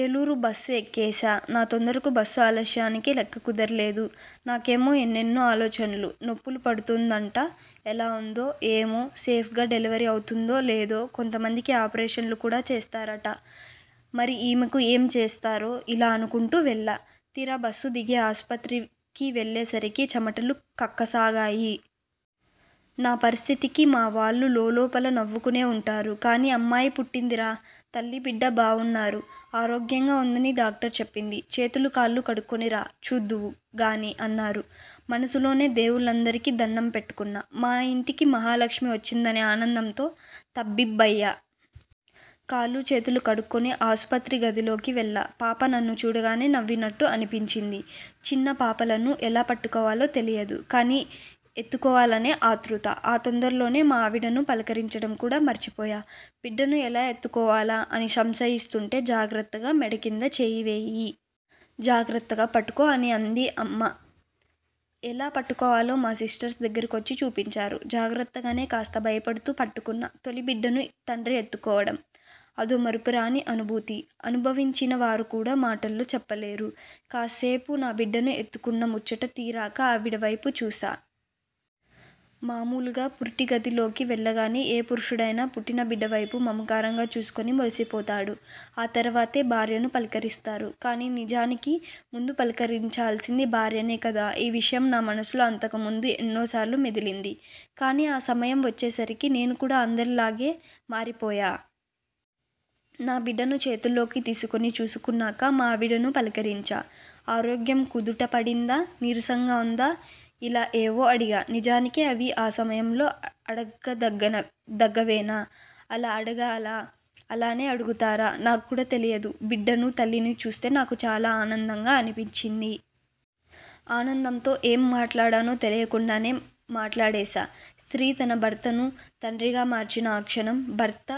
Eluru bus ఎక్కేశా. నా తొందరకు, బస్సు ఆలస్యానికి లెక్క కుదరలేదు. నాకేమో ఎన్నెన్నో ఆలోచనలు.. 'నొప్పులు పడుతోందంట, ఎలా ఉందో? ఏమో? సేఫ్గా డెలివరీ అవుతుందో లేదో? కొంతమందికి ఆపరేషన్లు కూడా చేస్తారట. మరి ఈమెకు ఏం చేస్తారో? 'ఇలా అనుకుంటూ వెళ్లా.. తీరా బస్సు దిగి ఆసుపత్రికి వెళ్లేసరికి చెమటలు కక్కసాగాయి. నా పరిస్థితికి మా వాళ్లు లోపల్లోపల నవ్వుకునే ఉంటారు. కానీ 'అమ్మాయి పుట్టిందిరా. తల్లీ బిడ్డా బావున్నారు. ఆరోగ్యంగా ఉందని డాక్టర్ చెప్పింది. చేతులు కాళ్లు కడుక్కుని రా.. చూద్దువు గానీ' అన్నారు. మనసులోనే దేవుళ్లందరికీ దణ్ణం పెట్టుకున్నా. 'మా ఇంటికి మహాలక్ష్మి వచ్చిందనే ఆనందంతో తబ్బిబ్బయ్యా. కాళ్లూ చేతులూ కడుక్కుని ఆసుపత్రి గదిలోకి వెళ్లా. పాప నన్ను చూడగానే నవ్వినట్టు అనిపించింది. చిన్న పాపలను ఎలా పట్టుకోవాలో తెలియదు. కానీ ఎత్తుకోవాలనే ఆతృత. ఆ తొందరలో మా ఆవిడను పలకరించడం కూడా మర్చిపోయా. బిడ్డను ఎలా ఎత్తుకోవాలా? అని సంశయిస్తుంటే.. 'జాగ్రత్తగా మెడకింద చెయ్యివేయి. జాగ్రత్తగా పట్టుకో' అని అమ్మ అంది. ఎలా పట్టుకోవాలో మా సిస్టర్స్ దగ్గరకొచ్చి చూపించారు. జాగ్రత్తగానే, కాస్త భయపడుతూ పట్టుకున్నా. తొలి బిడ్డను తండ్రి ఎత్తుకోవడం.. అదో మరపురాని అనుభూతి. అనుభవించిన వారు కూడా మాటల్లో చెప్పలేరు. కాసేపు నాబిడ్డను ఎత్తుకున్న ముచ్చట తీరాక ఆవిడవైపు చూశా. మామూలుగా పురిటి గది లోకి వెళ్లగానే ఏ పురుషుడైనా పుట్టినబిడ్డ వైపు మమకారంగా చూసుకుని మురిసిపోతాడు. ఆ తర్వాతే భార్యను పలకరిస్తారు. కానీ నిజానికి ముందు పలకరించాల్సింది భార్యనే కదా.. ఈ విషయం నా మనసులో అంతకు ముందు ఎన్నోసార్లు మెదిలింది. కానీ ఆ సమయం వచ్చే సరికి నేను కూడా అందరి లాగానే మారిపోయా. నా బిడ్డను చేతుల్లోకి తీసుకుని చూసుకున్నాక, మా ఆవిడను పలకరించా. 'ఆరోగ్యం కుదుట పడిందా? నీరసంగా ఉందా?.. ' ఇలా ఏవో అడిగా. నిజానికి అవి ఆ సమయంలో అడగదగ్గవేనా? అలాగే అడగాలా? అలానే అడుగుతారా? నాక్కూడా తెలియదు. బిడ్డనూ, తల్లినీ చూస్తే నాకు చాలా ఆనందంగా అనిపించింది. ఆనందంతో ఏం మాట్లాడానో తెలియకుండా మాట్లాడేశా. స్త్రీ తన భర్తను తండ్రిగా మార్చిన ఆ క్షణం, భర్త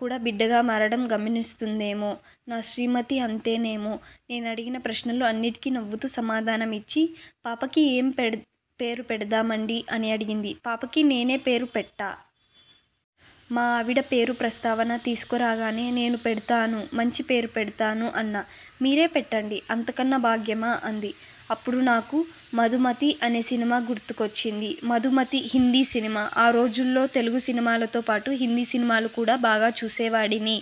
కూడా బిడ్డగా మారడం గమనిస్తుందేమో. నా శ్రీమతీ అంతేనేమో. నేనడిగిన ప్రశ్నలు అన్నిటికీ నవ్వుతూ సమాధానమిచ్చి 'పాపకి ఏం పేరు పెడదామండీ' అని అడిగింది. పాపకి నేనే పేరు పెట్టా! మా ఆవిడ 'పేరు' ప్రస్తావన తీసుకురాగానే 'నేనే పెడతాను. మంచి పేరు పెడతాను' అన్నా. 'మీరే పెట్టండి. అంతకన్నా భాగ్యమా' అంది. అప్పుడు నాకు 'మధుమతి' అనే సినిమా గుర్తుకొచ్చింది. 'మధుమతి' హిందీ సినిమా. ఆ రోజుల్లో తెలుగు సినిమాలతో పాటు హిందీ సినిమాలు కూడా బాగా చూసేవాడిని.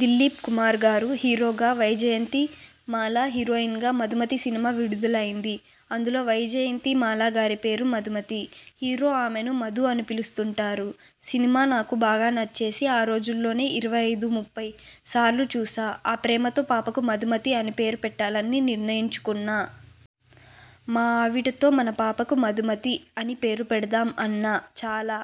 దిలీప్ కుమార్ గారు హీరోగా, వైజయంతి మాల హీరోయిన్గా 'మధుమతి' సినిమా విడుదలైంది. అందులో వైజయంతి మాల గారి పేరు మధుమతి. హీరో ఆమెను మధూ అని పిలుస్తుంటారు. సినిమా నాకు బాగా నచ్చేసి ఆరోజుల్లోనే ఇరవై ఐదు, ముప్పై సార్లు చూశా. ఆ ప్రేమతో పాపకు మధుమతి అని పేరు పెట్టాలని నిర్ణయించుకున్నా. మా ఆవిడతో 'మన పాపకు మధుమతి అని పేరు పెడదాం' అన్నా. 'చాలా